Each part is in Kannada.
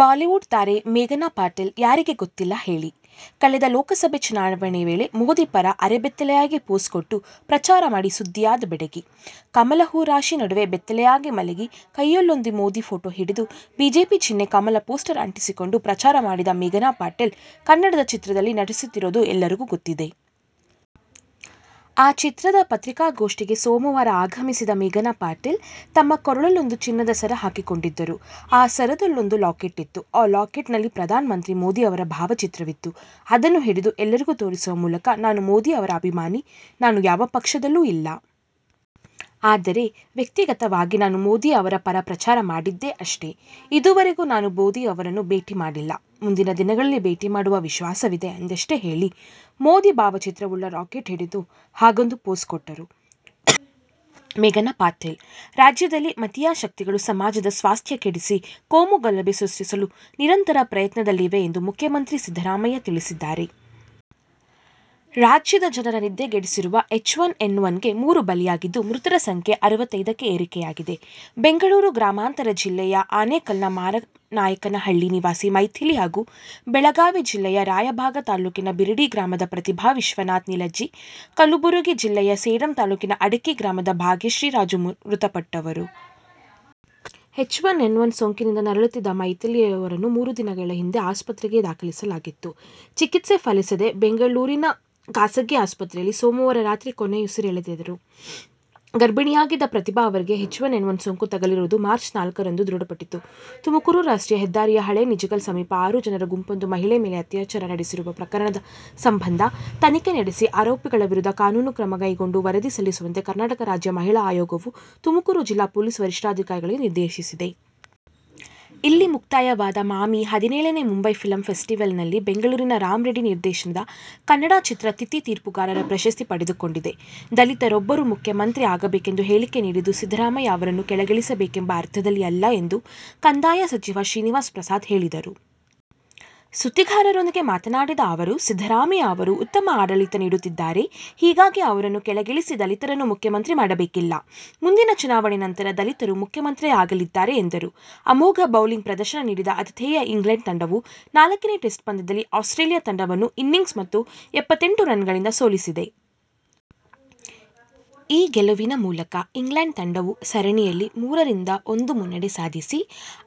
ಬಾಲಿವುಡ್ ತಾರೆ ಮೇಘನಾಪಟೇಲ್ ಯಾರಿಗೆ ಗೊತ್ತಿಲ್ಲ ಹೇಳಿ? ಕಳೆದ ಲೋಕಸಭೆ ಚುನಾವಣೆ ವೇಳೆ ಮೋದಿ ಪರ ಅರೆಬೆತ್ತಲೆಯಾಗಿ ಫೋಸು ಕೊಟ್ಟು ಪ್ರಚಾರ ಮಾಡಿ ಸುದ್ದಿಯಾದ ಬೆಡಗಿ. ಕಮಲ ಹೂ ರಾಶಿ ನಡುವೆ ಬೆತ್ತಲೆಯಾಗಿ ಮಲಗಿ, ಕೈಯಲ್ಲೊಂದು ಮೋದಿ ಫೋಟೋ ಹಿಡಿದು, ಬಿಜೆಪಿ ಚಿಹ್ನೆ ಕಮಲ ಪೋಸ್ಟರ್ ಅಂಟಿಸಿಕೊಂಡು ಪ್ರಚಾರ ಮಾಡಿದ್ದ ಮೇಘನಾಪಟೇಲ್, ಕನ್ನಡದ ಚಿತ್ರದಲ್ಲಿ ನಟಿಸುತ್ತಿರೋದು ಎಲ್ಲರಿಗೂ ಗೊತ್ತಿದೆ. ಆ ಚಿತ್ರದ ಪತ್ರಿಕಾಗೋಷ್ಠಿಗೆ ಸೋಮವಾರ ಆಗಮಿಸಿದ್ದ ಮೇಘನಾಪಟೇಲ್, ತಮ್ಮ ಕೊರಳಲ್ಲೊಂದು ಚಿನ್ನದ ಸರ ಹಾಕಿಕೊಂಡಿದ್ದರು. ಆ ಸರದಲ್ಲೊಂದು ಲಾಕೆಟ್ ಇತ್ತು. ಆ ಲಾಕೆಟ್ನಲ್ಲಿ ಪ್ರಧಾನ ಮಂತ್ರಿ ಮೋದಿ ಅವರ ಭಾವಚಿತ್ರವಿತ್ತು. ಅದನ್ನು ಹಿಡಿದು ಎಲ್ಲರಿಗೂ ತೋರಿಸುವ ಮೂಲಕ, ನಾನು ಮೋದಿ ಅವರ ಅಭಿಮಾನಿ. ನಾನು ಯಾವ ಪಕ್ಷದಲ್ಲೂ ಇಲ್ಲ. ಆದರೆ, ವ್ಯಕ್ತಿಗತವಾಗಿ ನಾನು ಮೋದಿ ಅವರ ಪರ ಪ್ರಚಾರ ಮಾಡಿದ್ದೆ ಅಷ್ಟೇ. ಇದೂವರೆಗೂ ನಾನು ಮೋದಿ ಅವರನ್ನು ಭೇಟಿ ಮಾಡಿಲ್ಲ. ಮುಂದಿನ ದಿನಗಳಲ್ಲಿ ಭೇಟಿ ಮಾಡುವ ವಿಶ್ವಾಸವಿದೆ' ಎಂದಷ್ಟೇ ಹೇಳಿ ಮೋದಿ ಭಾವಚಿತ್ರವುಳ್ಳ ರಾಕೆಟ್ ಹಿಡಿದು ಹಾಗೊಂದು ಫೋಸ್ ಕೊಟ್ಟರು ಮೇಘನಾಪಟೇಲ್. ರಾಜ್ಯದಲ್ಲಿ ಮತೀಯ ಶಕ್ತಿಗಳು ಸಮಾಜದ ಸ್ವಾಸ್ಥ್ಯ ಕೆಡಿಸಿ ಕೋಮುಗಲಭೆ ಸೃಷ್ಟಿಸಲು ನಿರಂತರ ಪ್ರಯತ್ನದಲ್ಲಿವೆ ಎಂದು ಮುಖ್ಯಮಂತ್ರಿ ಸಿದ್ದರಾಮಯ್ಯ ತಿಳಿಸಿದ್ದಾರೆ. ರಾಜ್ಯದ ಜನರ ನಿದ್ದೆಗೆಡಿಸಿರುವ ಎಚ್ಒನ್ ಏನ್ ಒನ್ಗೆ ಮೂರು ಬಲಿಯಾಗಿದ್ದು, ಮೃತರ ಸಂಖ್ಯೆ ಆರವತೈದಕ್ಕೆ ಏರಿಕೆಯಾಗಿದೆ. ಬೆಂಗಳೂರು ಗ್ರಾಮಾಂತರ ಜಿಲ್ಲೆಯ ಆನೇಕಲ್ನ ಮಾರನಾಯಕನಹಳ್ಳಿ ನಿವಾಸಿ ಮೈಥಿಲಿ ಹಾಗೂ ಬೆಳಗಾವಿ ಜಿಲ್ಲೆಯ ರಾಯಬಾಗ ತಾಲೂಕಿನ ಬಿರಡಿ ಗ್ರಾಮದ ಪ್ರತಿಭಾ ವಿಶ್ವನಾಥ ನಿಲಜಿ, ಕಲಬುರಗಿ ಜಿಲ್ಲೆಯ ಸೇಡಂ ತಾಲೂಕಿನ ಅಡಕಿ ಗ್ರಾಮದ ಭಾಗ್ಯಶ್ರೀರಾಜು ಮೃತಪಟ್ಟವರು. ಎಚ್ ಒನ್ ನ್ ಒನ್ ಸೋಂಕಿನಿಂದ ನರಳುತ್ತಿದ್ದ ಮೈಥಿಲಿ ಅವರನ್ನು ಮೂರು ದಿನಗಳ ಹಿಂದೆ ಆಸ್ಪತ್ರೆಗೆ ದಾಖಲಿಸಲಾಗಿತ್ತು. ಚಿಕತ್ಸೆ ಫಲಿಸದೆ ಬೆಂಗಳೂರಿನ ಖಾಸಗಿ ಆಸ್ಪತ್ರೆಯಲ್ಲಿ ಸೋಮವಾರ ರಾತ್ರಿ ಕೊನೆಯುಸಿರೆಳೆದರು. ಗರ್ಭಿಣಿಯಾಗಿದ್ದ ಪ್ರತಿಭಾ ಅವರಿಗೆ ಎಚ್ಒನ್ ಏನ್ ಒನ್ ಸೋಂಕು ತಗುಲಿರುವುದು ಮಾರ್ಚ್ ನಾಲ್ಕರಂದು ದೃಢಪಟ್ಟಿತ್ತು. ತುಮಕೂರು ರಾಷ್ಟ್ರಿಯ ಹೆದ್ದಾರಿಯ ಹಳೆ ನಿಜಗಲ್ ಸಮೀಪ ಆರು ಜನರ ಗುಂಪೊಂದು ಮಹಿಳೆ ಮೇಲೆ ಅತ್ಯಾಚಾರ ನಡೆಸಿರುವ ಪ್ರಕರಣದ ಸಂಬಂಧ ತನಿಖೆ ನಡೆಸಿ ಆರೋಪಿಗಳ ವಿರುದ್ಧ ಕಾನೂನು ಕ್ರಮ ಕೈಗೊಂಡು ವರದಿ ಸಲ್ಲಿಸುವಂತೆ ಕರ್ನಾಟಕ ರಾಜ್ಯ ಮಹಿಳಾ ಆಯೋಗವು ತುಮಕೂರು ಜಿಲ್ಲಾ ಪೊಲೀಸ್ ವರಿಷ್ಠಾಧಿಕಾರಿಗಳಿಗೆ ನಿರ್ದೇಶಿಸಿದೆ. ಇಲ್ಲಿ ಮುಕ್ತಾಯವಾದ ಮಾಮಿ ಹದಿನೇಳನೇ ಮುಂಬೈ ಫಿಲ್ಮ್ ಫೆಸ್ಟಿವಲ್ನಲ್ಲಿ ಬೆಂಗಳೂರಿನ ರಾಮ್ ರೆಡ್ಡಿ ನಿರ್ದೇಶನದ ಕನ್ನಡ ಚಿತ್ರ ತಿಥಿ ತೀರ್ಪುಗಾರರ ಪ್ರಶಸ್ತಿ ಪಡೆದುಕೊಂಡಿದೆ. ದಲಿತರೊಬ್ಬರು ಮುಖ್ಯಮಂತ್ರಿ ಆಗಬೇಕೆಂದು ಹೇಳಿಕೆ ನೀಡಿದ್ದು ಸಿದ್ದರಾಮಯ್ಯ ಅವರನ್ನು ಕೆಳಗಿಳಿಸಬೇಕೆಂಬ ಅರ್ಥದಲ್ಲಿ ಅಲ್ಲ ಎಂದು ಕಂದಾಯ ಸಚಿವ ಶ್ರೀನಿವಾಸ್ ಪ್ರಸಾದ್ ಹೇಳಿದರು. ಸುದ್ದಿಗಾರರೊಂದಿಗೆ ಮಾತನಾಡಿದ ಅವರು, ಸಿದ್ದರಾಮಯ್ಯ ಅವರು ಉತ್ತಮ ಆಡಳಿತ ನೀಡುತ್ತಿದ್ದಾರೆ. ಹೀಗಾಗಿ ಅವರನ್ನು ಕೆಳಗಿಳಿಸಿ ದಲಿತರನ್ನು ಮುಖ್ಯಮಂತ್ರಿ ಮಾಡಬೇಕಿಲ್ಲ. ಮುಂದಿನ ಚುನಾವಣೆ ನಂತರ ದಲಿತರು ಮುಖ್ಯಮಂತ್ರಿಯಾಗಲಿದ್ದಾರೆ ಎಂದರು. ಅಮೋಘ ಬೌಲಿಂಗ್ ಪ್ರದರ್ಶನ ನೀಡಿದ ಆತಿಥೇಯ ಇಂಗ್ಲೆಂಡ್ ತಂಡವು ನಾಲ್ಕನೇ ಟೆಸ್ಟ್ ಪಂದ್ಯದಲ್ಲಿ ಆಸ್ಟ್ರೇಲಿಯ ತಂಡವನ್ನು ಇನ್ನಿಂಗ್ಸ್ ಮತ್ತು ಎಪ್ಪತ್ತೆಂಟು ರನ್ನುಗಳಿಂದ ಸೋಲಿಸಿದೆ. ಈ ಗೆಲುವಿನ ಮೂಲಕ ಇಂಗ್ಲೆಂಡ್ ತಂಡವು ಸರಣಿಯಲ್ಲಿ ಮೂರ ರಿಂದ ಒಂದು ಮುನ್ನಡೆ ಸಾಧಿಸಿ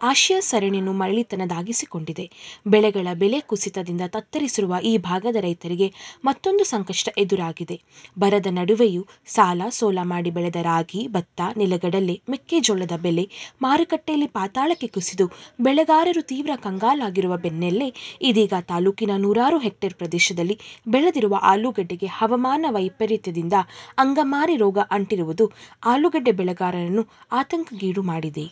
ಆ್ಯಶಸ್ ಸರಣಿಯನ್ನು ಮರಳಿ ತನ್ನದಾಗಿಸಿಕೊಂಡಿದೆ. ಬೆಳೆಗಳ ಬೆಲೆ ಕುಸಿತದಿಂದ ತತ್ತರಿಸಿರುವ ಈ ಭಾಗದ ರೈತರಿಗೆ ಮತ್ತೂಂದು ಸಂಕಷ್ಟ ಎದುರಾಗಿದೆ. ಬರದ ನಡುವೆಯೂ ಸಾಲ, ಸೋಲ ಮಾಡಿ ಬೆಳೆದ ರಾಗಿ, ಭತ್ತ, ನೆಲಗಡಲೆ, ಮೆಕ್ಕೆಜೋಳದ ಬೆಲೆ ಮಾರುಕಟ್ಟೆಯಲ್ಲಿ ಪಾತಾಳಕ್ಕೆ ಕುಸಿದು ಬೆಳೆಗಾರರು ತೀವ್ರ ಕಂಗಾಲಾಗಿರುವ ಬೆನ್ನಲೇ ಇದೀಗ ತಾಲೂಕಿನ ನೂರಾರು ಹೇಕ್ಟೆರ್ ಪ್ರದೇಶದಲ್ಲಿ ಬೆಳೆದಿರುವ ಅಲೂಗಡ್ಡೆಗೆ ಹವಾಮಾನ ವೈಪರಿತ್ಯದಿಂದ ಅಂಗಮಾರಿ ರೋಗ ಅಂಟಿರುವುದು ಆಲೂಗಡ್ಡೆ ಬೆಳೆಗಾರರನ್ನು ಆತಂಕಕ್ಕೀಡು ಮಾಡಿದೆ.